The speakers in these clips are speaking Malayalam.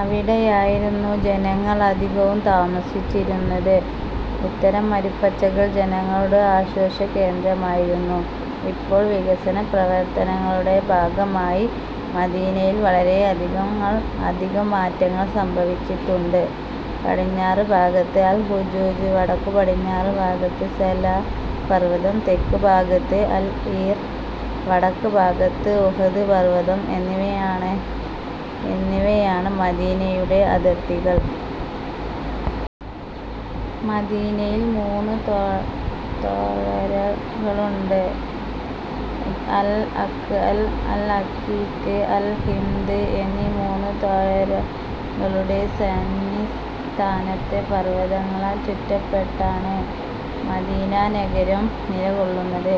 അവിടെയായിരുന്നു ജനങ്ങൾ അധികവും താമസിച്ചിരുന്നത്. ഇത്തരം മരുപ്പച്ചകൾ ജനങ്ങളുടെ ആശ്വാസകേന്ദ്രമായിരുന്നു. ഇപ്പോൾ വികസന പ്രവർത്തനങ്ങളുടെ ഭാഗമായി മദീനയിൽ വളരെയധികം മാറ്റങ്ങൾ സംഭവിച്ചിട്ടുണ്ട്. പടിഞ്ഞാറ് ഭാഗത്ത് അൽ-ഹുജൂജ്, വടക്കു പടിഞ്ഞാറ് ഭാഗത്ത് സലാ പർവതം, തെക്ക് ഭാഗത്ത് അൽ-ഈർ, വടക്ക് ഭാഗത്ത് ഉഹ്ദ് പർവതം എന്നിവയാണ് മദീനയുടെ അതിർത്തികൾ. മദീനയിൽ മൂന്ന് താഴ്വരകളുണ്ട്. അൽ-അഖ്അൽ, അൽ-അഖീഖ്, അൽ-ഹിമ്ദ് എന്നീ മൂന്നു താഴ്വരകളുടെ സന്ധിസ്ഥാനത്ത് പർവതങ്ങളാൽ ചുറ്റപ്പെട്ടാണ് മദീന നഗരം നിലകൊള്ളുന്നത്.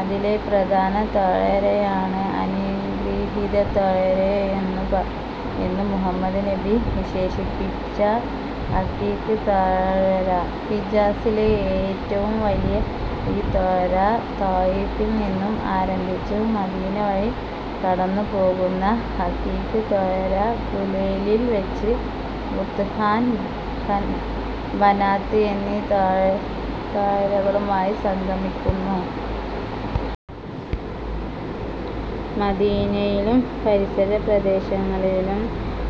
അതിലെ പ്രധാന താഴ്വരയാണ് അനുഗൃഹീത താഴ്വരയെന്നു മുഹമ്മദ് നബി വിശേഷിപ്പിച്ച അഖീഖ് താഴ്വര. ഹിജാസിലെ ഏറ്റവും വലിയ ഈ താഴ്വര താഇഫിൽ നിന്നും ആരംഭിച്ചു മദീന വഴി കടന്നു പോകുന്ന അഖീഖ് താഴ്വര ഖുലൈലിൽ വച്ച് ഭുത്ഹാൻ, ബനാത് എന്നീ താഴ്വരകളുമായി സംഗമിക്കുന്നു. മദീനയിലും പരിസരപ്രദേശങ്ങളിലും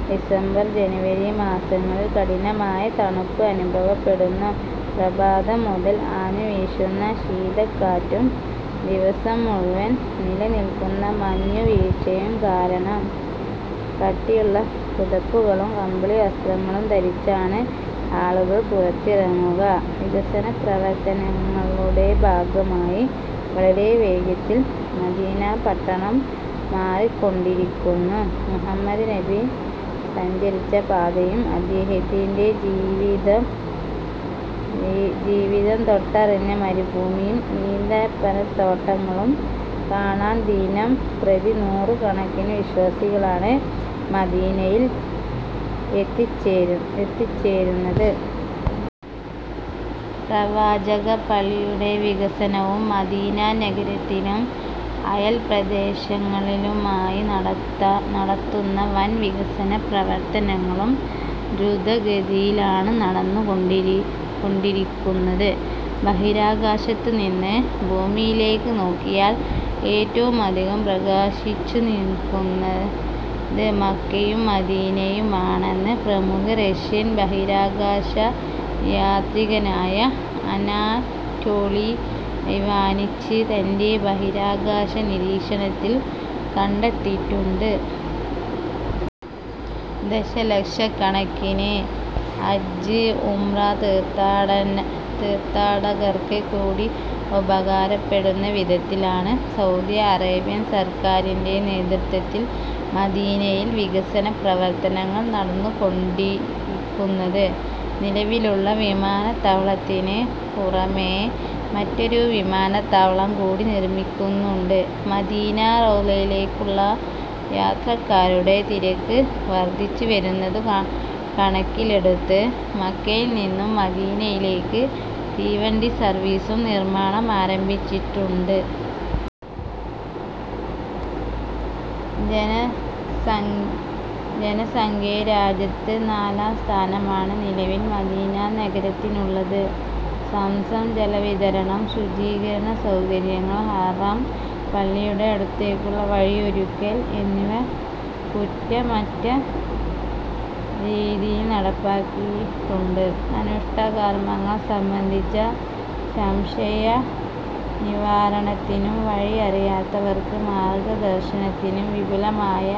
ഡിസംബർ ജനുവരി മാസങ്ങളിൽ കഠിനമായ തണുപ്പ് അനുഭവപ്പെടുന്നു. പ്രഭാതം മുതൽ ആഞ്ഞുവീശുന്ന ശീതക്കാറ്റും ദിവസം മുഴുവൻ നിലനിൽക്കുന്ന മഞ്ഞു വീഴ്ചയും കാരണം കട്ടിയുള്ള പുതപ്പുകളും കമ്പിളിവസ്ത്രങ്ങളും ധരിച്ചാണ് ആളുകൾ പുറത്തിറങ്ങുക. വികസന പ്രവർത്തനങ്ങളുടെ ഭാഗമായി വളരെ വേഗത്തിൽ മദീന പട്ടണം മാറിക്കൊണ്ടിരിന്നു. മുഹമ്മദ് നബി സഞ്ചരിച്ച പാതയും അദ്ദേഹത്തിന്റെ ജീവിതം തൊട്ടറിഞ്ഞ മരുഭൂമിയും ഈന്തപ്പനത്തോട്ടങ്ങളും കാണാൻ ദിനംപ്രതി നൂറു കണക്കിന് വിശ്വാസികളാണ് മദീനയിൽ എത്തിച്ചേരുന്നത്. പ്രവാചക പള്ളിയുടെ വികസനവും മദീന നഗരത്തിലും അയൽ പ്രദേശങ്ങളിലുമായി നടത്തുന്ന വൻ വികസന പ്രവർത്തനങ്ങളും ധ്രുതഗതിയിലാണ് നടന്നു കൊണ്ടിരിക്കുന്നത്. ബഹിരാകാശത്ത് നിന്ന് ഭൂമിയിലേക്ക് നോക്കിയാൽ ഏറ്റവുമധികം പ്രകാശിച്ചു നിൽക്കുന്നത് മക്കയും മദീനയുമാണെന്ന് പ്രമുഖ റഷ്യൻ ബഹിരാകാശ യാത്രികനായ അനാറ്റോളി ഇവാനിച്ച് തന്റെ ബഹിരാകാശ നിരീക്ഷണത്തിൽ കണ്ടെത്തിയിട്ടുണ്ട്. ദശലക്ഷക്കണക്കിന് ഹജ്ജ്, ഉംറ തീർത്ഥാടകർക്ക് കൂടി ഉപകാരപ്പെടുന്ന വിധത്തിലാണ് സൗദി അറേബ്യൻ സർക്കാരിന്റെ നേതൃത്വത്തിൽ മദീനയിൽ വികസന പ്രവർത്തനങ്ങൾ നടന്നു കൊണ്ടിരിക്കുന്നത്. നിലവിലുള്ള വിമാനത്താവളത്തിന് പുറമേ മറ്റൊരു വിമാനത്താവളം കൂടി നിർമ്മിക്കുന്നുണ്ട്. മദീനാ റൌളയിലേക്കുള്ള യാത്രക്കാരുടെ തിരക്ക് വർധിച്ചു വരുന്നത് കണക്കിലെടുത്ത് മക്കയിൽ നിന്നും മദീനയിലേക്ക് തീവണ്ടി സർവ്വീസും നിർമ്മാണം ആരംഭിച്ചിട്ടുണ്ട്. ജനസംഖ്യയിൽ രാജ്യത്ത് നാലാം സ്ഥാനമാണ് നിലവിൽ മദീന നഗരത്തിനുള്ളത്. സംസം ജലവിതരണം, ശുചീകരണ സൗകര്യങ്ങൾ, ഹറം പള്ളിയുടെ അടുത്തേക്കുള്ള വഴിയൊരുക്കൽ എന്നിവ കുറ്റമറ്റ രീതിയിൽ നടപ്പാക്കിയിട്ടുണ്ട്. അനുഷ്ഠാനകർമങ്ങൾ സംബന്ധിച്ച സംശയനിവാരണത്തിനും വഴി അറിയാത്തവർക്ക് മാർഗദർശനത്തിനും വിപുലമായ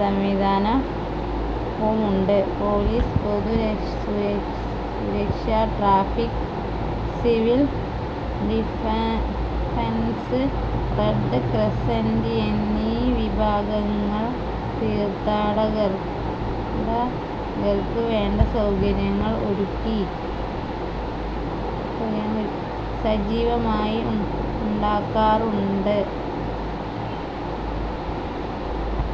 സംവിധാനവുമുണ്ട്. പോലീസ്, പൊതുസുരക്ഷ, traffic, civil defence, red crescent എന്നീ വിഭാഗങ്ങൾ തീർത്ഥാടകർക്കു വേണ്ട സൗകര്യങ്ങൾ ഒരുക്കി സജീവമായി ഉണ്ടാകാറുണ്ട്.